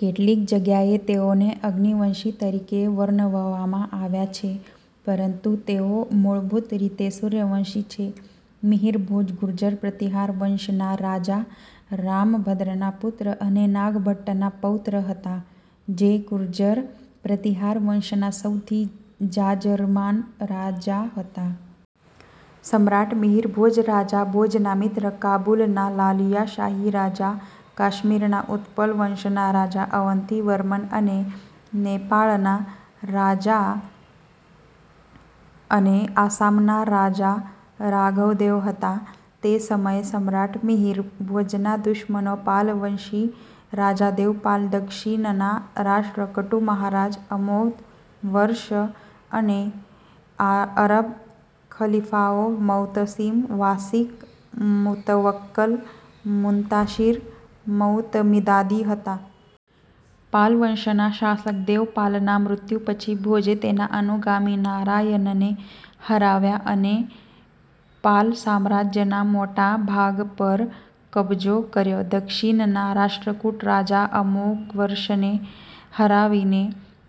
કેટલીક જગ્યાએ તેઓને અગ્નિવંશી તરીકે વર્ણવવામાં આવ્યા છે, પરંતુ તેઓ મૂળભૂત રીતે સૂર્યવંશી છે. મિહિરભોજ ગુર્જર પ્રતિહાર વંશના રાજા રામભદ્રના પુત્ર અને નાગભટ્ટ ના પૌત્ર હતા. જે ગુર્જર પ્રતિહાર વંશના સૌથી જાજરમાન રાજા હતા. સમ્રાટ મિહિર ભોજ રાજા ભોજના મિત્ર કાબુલના લાલિયા શાહી રાજા, કાશ્મીરના ઉત્પલ વંશના રાજા અવંતિ વર્મન અને નેપાળના રાજા અને આસામના રાજા રાઘવદેવ હતા. તે સમયે સમ્રાટ મિહિર ભોજના દુશ્મનો પાલવંશી રાજા દેવપાલ, દક્ષિણના રાષ્ટ્ર કટુ મહારાજ અમોધવર્ષ અને આરબ ખલીફાઓ મૌતસિમ વાસિક, મુતવક્કલ, મુન્તાશીર, મૌતમિદાદી હતા. પાલ વંશના શાસક દેવપાલના મૃત્યુ પછી, ભોજે તેના અનુગામી નારાયણને હરાવ્યા અને પાલ સામ્રાજ્યના મોટા ભાગ પર કબજો કર્યો. દક્ષિણના રાષ્ટ્રકુટ રાજા અમોધવર્ષને હરાવીને,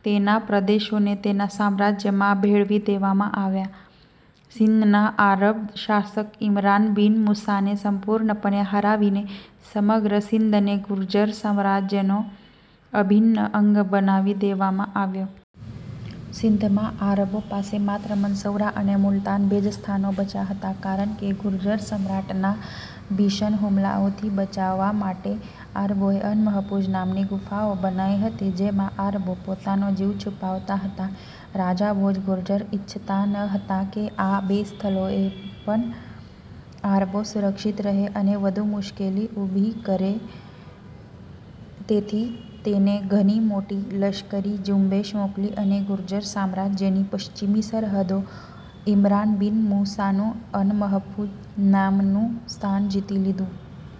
તેના પ્રદેશોને તેના સામ્રાજ્યમાં ભેળવી દેવામાં આવ્યા. સિંધના આરબ શાસક ઈમરાન બિન મુસાને સંપૂર્ણપણે હરાવીને, સમગ્ર સિંધને ગુર્જર સામ્રાજ્યનો અભિન્ન અંગ બનાવી દેવામાં આવ્યો. સિંધમાં આરબો પાસે માત્ર મન્સૌરા અને મુલતાન બે જ સ્થાનો બચ્યા હતા કારણ કે ગુર્જર સમ્રાટના ભીષણ હુમલાઓથી બચવા માટે આરબોએ અનમહફૂઝ નામની ગુફાઓ બનાવી હતી, જેમાં આરબો પોતાનો જીવ છુપાવતા હતા. રાજા ભોજ ગુર્જર ઇચ્છતા ન હતા કે આ બે સ્થળોએ પણ આરબો સુરક્ષિત રહે અને વધુ મુશ્કેલી ઊભી કરે, તેથી તેણે ઘણી મોટી લશ્કરી ઝુંબેશ મોકલી અને ગુર્જર સામ્રાજ્યની પશ્ચિમી સરહદો, ઇમરાન બિન મુસાનું અનમહફૂઝ નામનું સ્થાન જીતી લીધું.